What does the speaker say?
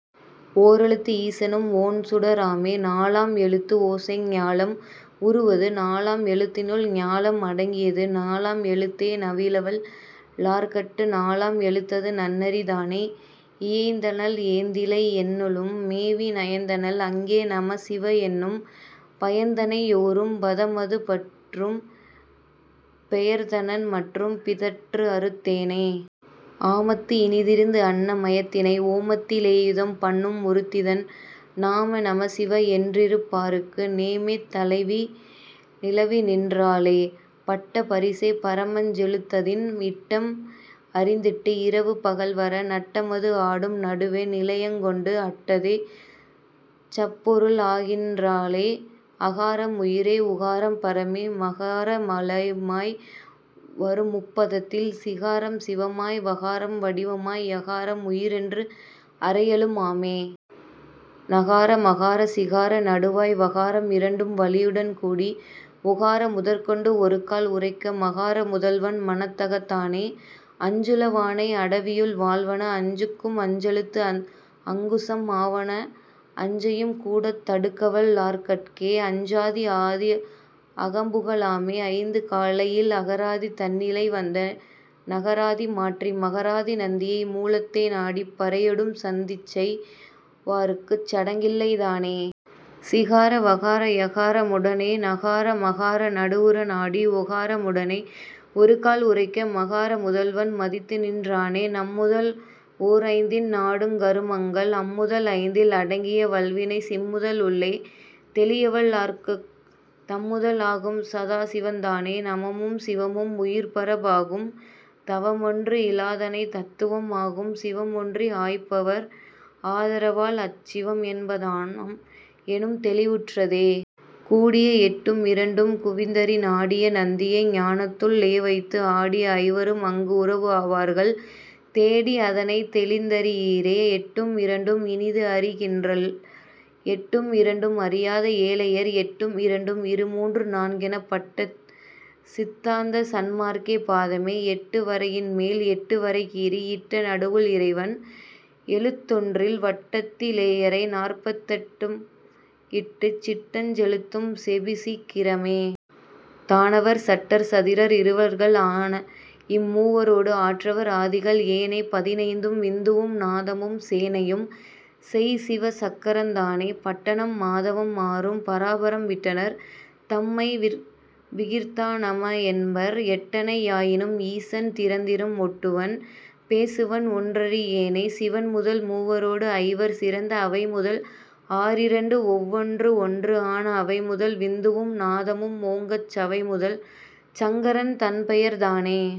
ஓரெழுத்து ஈசனும் ஓண்சுட ராமே. நாலாம் எழுத்துஓசை ஞாலம் உருவது நாலாம் எழுத்தினுள் ஞாலம் அடங்கியது நாலாம் எழுத்தே நவிலவல் லார்கட்டு நாலாம் எழுத்தது நன்னெறி தானே. இயைந்தனள் ஏந்திழை என்னுளம் மேவி நயந்தனள் அங்கே நமசிவ என்னும் பயந்தனை யோரும் பதமது பற்றும் பெயர்ந்தனன் மற்றும் பிதற்றுஅறுத் தேனே. ஆமத்து இனிதிருந்து அன்ன மயத்தினை ஓமத்தி லேயுதம் பண்ணும் ஒருத்திதன் நாம நமசிவ என்றிருப் பாருக்கு நேமத் தலைவி நிலவிநின் றாளே. பட்ட பரிசே பரமஞ் செழுத்ததின் இட்டம் அறிந்திட்டு இரவு பகல்வர நட்டமது ஆடும் நடுவே நிலையங்கொண்டு அட்டதே சப்பொருள் ஆகிநின் றாளே. அகாரம் உயிரே உகாரம் பரமே மகார மலமாய் வருமுப் பதத்தில் சிகாரம் சிவமாய் வகாரம் வடிவமாய் யகாரம் உயிரென்று அறையலும் ஆமே. நகார மகார சிகார நடுவாய் வகாரம் இரண்டும் வளியுடன் கூடி ஓகார முதற்கொண்டு ஒருக்கால் உரைக்க மகார முதல்வன் மனத்தகத் தானே. அஞ்சுள வானை அடவியுள் வாழ்வன அஞ்சுக்கும் அஞ்செழுத்து அங்குசம் ஆவன அஞ்சையும் கூடத் தடுக்கவல் லார்கட்கே அஞ்சாதி ஆதி அகம்புக லாமே. ஐந்து கலையில் அகராதி தன்னிலே வந்த நகராதி மாற்றி மகராதி நந்தியை மூலத்தே நாடிப் பரையொடும் சந்திசெய் வார்க்குச் சடங்கில்லை தானே. சிகார வகார யகார முடனே நகார மகார நடுவுற நாடி ஓகார முடனே ஒருகால் உரைக்க மகார முதல்வன் மதித்துநின் றானே. நம்முதல் ஓர்ஐந்தின் நாடுங் கருமங்கள் அம்முதல் ஐந்தில் அடங்கிய வல்வினை சிம்முதல் உள்ளே தெளியவல் லார்கட்குத் தம்முதல் ஆகும் சதாசிவந் தானே. நவமும் சிவமும் உயிர்பர மாகும் தவமொன்று இலாதன தத்துவம் ஆகும் சிவம்ஒன்றி ஆய்பவர்ஆதர வால்அச் சிவம்என்ப தானாம் எனும்தெளி வுற்றதே.. கூடிய எட்டும் இரண்டும் குவிந்தறி நாடிய நந்தியை ஞானத்துள் ளேவைத்து ஆடிய ஐவரும் அங்குஉறவு ஆவார்கள் தேடி அதனைத் தெளிந்தறி யீரே. எட்டும் இரண்டும் இனிதுஅறி கின்றிலர் எட்டும் இரண்டும் அறியாத ஏழையர் எட்டும் இரண்டும் இருமூன்று நான்கெனப் பட்டது சித்தாந்த சன்மார்க்க பாதமே.. எட்டு வரையின்மேல் எட்டு வரைகீறி இட்ட நடுவுள் இறைவன் எழுத்தொன்றில் வட்டத்தி லேயறை நாற்பத்தெட் டும்இட்டுச் சிட்டஞ் செழுத்தும் செபிசீக் கிரமே. தானவர் சட்டர் சதிரர் இருவர்கள் ஆனஇம் மூவரோடு ஆற்றவர் ஆதிகள் ஏனைப் பதினைந்தும் விந்துவும் நாதமும் சேனையும் செய்சிவ சக்கரந் தானே. பட்டனம் மாதவம் ஆறும் பராபரம் விட்டனர் தம்மை விகிர்தா நமஎன்பர் எட்டனை யாயினும் ஈசன் திறத்திறம் ஒட்டுவன் பேசுவன் ஒன்றறி யேனே சிவன்முதல் மூவரோடு ஐவர் சிறந்த அவைமுதல் ஆறிரண்டு ஒன்றொடுஒன்று ஆன அவைமுதல் விந்துவும் நாதமும் ஓங்கச் சவைமுதல் சங்கரன் தன்பெயர் தானே.